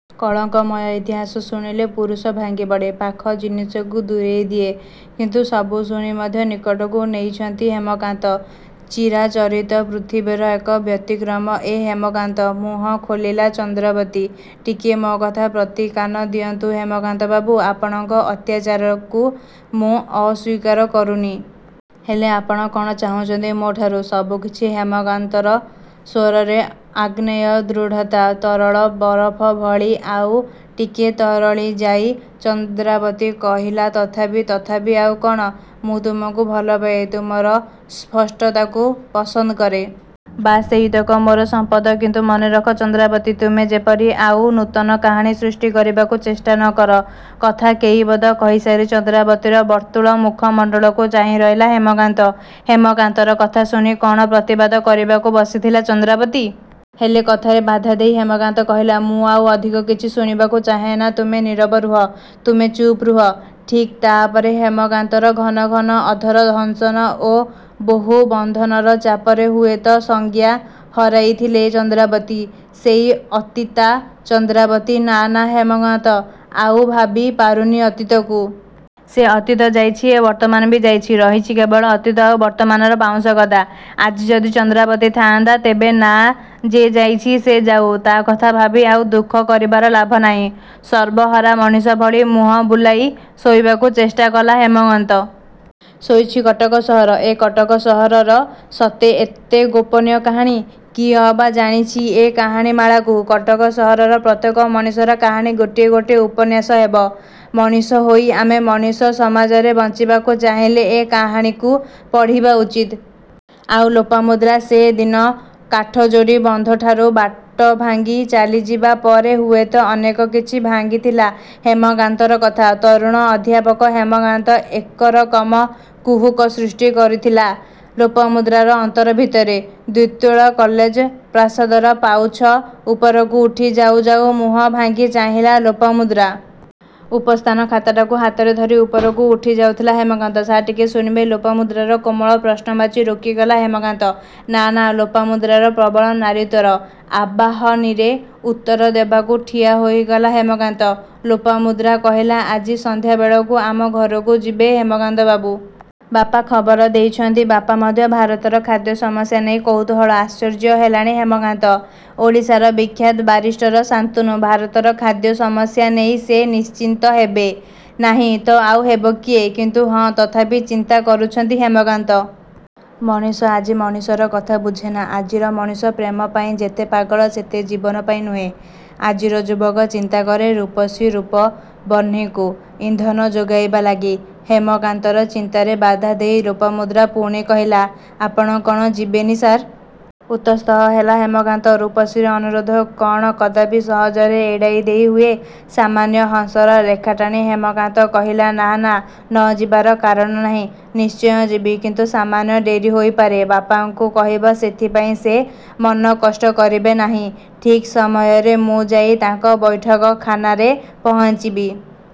କଳଙ୍କମୟ ଇତିହାସ ଶୁଣିଲେ ପୁରୁଷ ଭାଙ୍ଗିପଡ଼େ। ପାଖ ଜିନିଷକୁ ଦୂରେଇ ଦିଏ କିନ୍ତୁ ସବୁ ଶୁଣି ମଧ୍ୟ ନିକଟକୁ ନେଇଛନ୍ତି ହେମକାନ୍ତ। ଚିରାଚରିତ ପୃଥିବୀର ଏକ ବ୍ୟତିକ୍ରମ ଏ ହେମକାନ୍ତ। ମୁହଁ ଖୋଲିଲା ଚନ୍ଦ୍ରାବତୀ''ଟିକେ ମୋ କଥା ପ୍ରତି କାନ ଦିଅନ୍ତୁ ହେମକାନ୍ତ ବାବୁ। ଆପଣଙ୍କ ଅତ୍ୟାଚାରକୁ ମୁଁ ଅସ୍ୱୀକାର କରୁନି। ହେଲେ ଆପଣ କ'ଣ ଚାହାଁନ୍ତି ମୋ ଠାରୁ? '' ''ସବୁକିଛି'' ହେମକାନ୍ତର ସ୍ୱରରେ ଆଗ୍ନେୟ ଦୃଢ଼ତା। ତରଳ ବରଫ ଭଳି ଆଉ ଟିକେ ତରଳି ଯାଇ ଚନ୍ଦ୍ରାବତୀ କହିଲା 'ତଥାପି'। ''ତଥାପି ଆଉ କ'ଣ? ମୁଁ ତୁମକୁ ଭଲ ପାଏ। ତୁମର ସ୍ପଷ୍ଟତାକୁ ପସନ୍ଦ କରେ। ବାସ୍ ସେଇତକ ମୋର ସମ୍ପଦ କିନ୍ତୁ ମନେରଖ ଚନ୍ଦ୍ରାବତୀ ତୁମେ ଯେପରି ଆଉ ନୂତନ କାହାଣୀ ସୃଷ୍ଟି କରିବାକୁ ଚେଷ୍ଟା ନ କର '' କଥା କେଇପଦ କହିସାରି ଚନ୍ଦ୍ରାବତୀର ବର୍ତ୍ତୁଳ ମୁଖ ମଣ୍ଡଳକୁ ଚାହିଁରହିଲା ହେମକାନ୍ତ। ହେମକାନ୍ତର କଥା ଶୁଣି କ'ଣ ପ୍ରତିବାଦ କରିବାକୁ ବସିଥିଲା ଚନ୍ଦ୍ରାବତୀ। ହେଲେ କଥାରେ ବାଧା ଦେଇ ହେମକାନ୍ତ କହିଲା "ମୁଁ ଆଉ ଅଧିକ କିଛି ଶୁଣିବାକୁ ଚାହେଁନା ତୁମେ ନୀରବ ରୁହ, ତୁମେ ଚୁପ୍ ରୁହ। ଠିକ୍ ତା'ପରେ ହେମକାନ୍ତର ଘନ ଘନ ଅଧର ଦଂଶନ ଓ ବାହୁ ବନ୍ଧନର ଚାପରେ ହୁଏତ ସଜ୍ଞା ହରାଇଥିଲେ ଚନ୍ଦ୍ରାବତୀ ,ସେଇ ଅତୀତା ଚନ୍ଦ୍ରାବତୀ ନାଁ ନାଁ ହେମକାନ୍ତ ଆଉ ଭାବି ପାରୁନି ଅତୀତକୁ। ସେ ଅତୀତ ଯାଇଛି। ଏ ବର୍ତ୍ତମାନ ବି ଯାଇଛି। ରହିଛି କେବଳ ଅତୀତ ଆଉ ବର୍ତ୍ତମାନର ପାଉଁଶ ଗଦା। ଆଜି ଯଦି ଚନ୍ଦ୍ରାବତୀ ଥାଆନ୍ତା, ତେବେ। ନାଁ, ଯେ ଯାଇଛି ସେ ଯାଉ। ତା କଥା ଭାବି ଆଉ ଦୁଃଖ କରିବାରେ ଲାଭ ନାହିଁ। ସର୍ବହରା ମଣିଷ ଭଳି ମୁହଁ ବୁଲାଇ ଶୋଇବାକୁ ଚେଷ୍ଟାକଲା ହେମକାନ୍ତ। ଶୋଇଛି କଟକ ସହର। ଏ କଟକ ସହରର ସତେ ଏତେ ଗୋପନୀୟ କାହାଣୀ? କିଏ ଅବା ଜାଣିଛି ଏ କାହାଣୀ ମାଳାକୁ। କଟକ ସହରର ପ୍ରତ୍ୟେକ ମଣିଷର କାହାଣୀ ଗୋଟିଏ ଗୋଟିଏ ଉପନ୍ୟାସ ହେବ। ମଣିଷ ହୋଇ ଆମେ ମଣିଷ ସମାଜରେ ବଞ୍ଚିବାକୁ ଚାହିଁଲେ ଏ କାହାଣୀକୁ ପଢ଼ିବା ଉଚିତ। ଆଉ ଲୋପାମୁଦ୍ରା ସେ ଦିନ କାଠଯୋଡ଼ି ବନ୍ଧଠାରୁ ବାଟଭାଙ୍ଗି ଚାଲିଯିବା ପରେ ହୁଏତ ଅନେକ କିଛି ଭାବିଥିଲା ହେମକାନ୍ତର କଥା। ତରୁଣ ଅଧ୍ୟାପକ ହେମକାନ୍ତ ଏକରକମ କୁହୁକ ସୃଷ୍ଟି କରିଥିଲା ଲୋପାମୁଦ୍ରାର ଅନ୍ତର ଭିତରେ। ଦ୍ୱିତଳ କଲେଜ ପ୍ରାସାଦର ପାଉଛ। ଉପରକୁ ଉଠି ଯାଉ ଯାଉ ମୁହଁ ଭାଙ୍ଗି ଚାହିଁଲା ଲୋପାମୁଦ୍ରା। ଉପସ୍ଥାନ ଖାତାଟାକୁ ହାତରେ ଧରି ଉପରକୁ ଉଠିଯାଥିଲା ହେମକାନ୍ତ। ''ସାର୍, ଟିକେ ଶୁଣିବେ? '' ଲୋପାମୁଦ୍ରାର କୋମଳ ପ୍ରଶ୍ନବାଚୀ। ରୋକିଗଲା ହେମକାନ୍ତ, ନାଁ ନାଁ ଲୋପାମୁଦ୍ରାର ପ୍ରବଳ ନାରିତ୍ୱର ଆବାହନୀରେ ଉତ୍ତର ଦେବାକୁ ଠିଆ ହୋଇଗଲା ହେମକାନ୍ତ। ଲୋପାମୁଦ୍ରା କହିଲା "ଆଜି ସନ୍ଧ୍ୟାବେଳକୁ ଆମ ଘରକୁ ଯିବେ ହେମକାନ୍ତ ବାବୁ! ବାପା ଖବର ଦେଇଛନ୍ତି। ବାପା ମଧ୍ୟ ଭାରତର ଖାଦ୍ୟ ସମସ୍ୟା ନେଇ କୌତୂହଳ। ଆଶ୍ଚର୍ଯ୍ୟ ହେଲାନି ହେମକାନ୍ତ। ଓଡ଼ିଶାର ବିଖ୍ୟାତ ବାରିଷ୍ଟର ଶାନ୍ତନୁ। ଭାରତର ଖାଦ୍ୟ ସମସ୍ୟା ନେଇ ସେ ଚିନ୍ତିତ ହେବେ ନାହିଁ ତ ଆଉ ହେବ କିଏ? କିନ୍ତୁ ହଁ ତଥାପି ଚିନ୍ତା କରୁଛି ହେମକାନ୍ତ। ମଣିଷ ଆଜି ମଣିଷର କଥା ବୁଝେନା। ଆଜିର ମଣିଷ ପ୍ରେମପାଇଁ ଯେତେ ପାଗଳ ସେତେ ଜୀବନ ପାଇଁ ନୁହେଁ, ଆଜିର ଯୁବକ ଚିନ୍ତା କରେ ରୂପସୀ ରୂପ ବହ୍ନିକୁ ଇନ୍ଧନ ଯୋଗାଇବା ଲାଗି। ହେମକାନ୍ତର ଚିନ୍ତାରେ ବାଧାଦେଇ ଲୋପାମୁଦ୍ରା ପୁଣି କହିଲା ''ଆପଣ କ'ଣ ଯିବେ ନି ସାର୍? '' ଉତସ୍ତତଃ ହେଲା ହେମକାନ୍ତ। ରୂପସୀର ଅନୁରୋଧ କ'ଣ କଦାପି ସହଜରେ ଏଡ଼ାଇ ଦେଇ ହୁଏ? ସାମାନ୍ୟ ହସର ରେଖାଟାଣି ହେମକାନ୍ତ କହିଲା "ନାଁ ନାଁ ନ ଯିବାର କାରଣ ନାହିଁ। ନିଶ୍ଚୟ ଯିବି କିନ୍ତୁ ସାମାନ୍ୟ ଡ଼େରି ହୋଇପାରେ। ବାପାଙ୍କୁ କହିବ ସେଥିପାଇଁ ସେ ମନ କଷ୍ଟ କରିବେ ନାହିଁ। ଠିକ୍ ସମୟରେ ମୁଁ ଯାଇ ତାଙ୍କ ବୈଠକ ଖାନାରେ ପହଞ୍ଚିବି।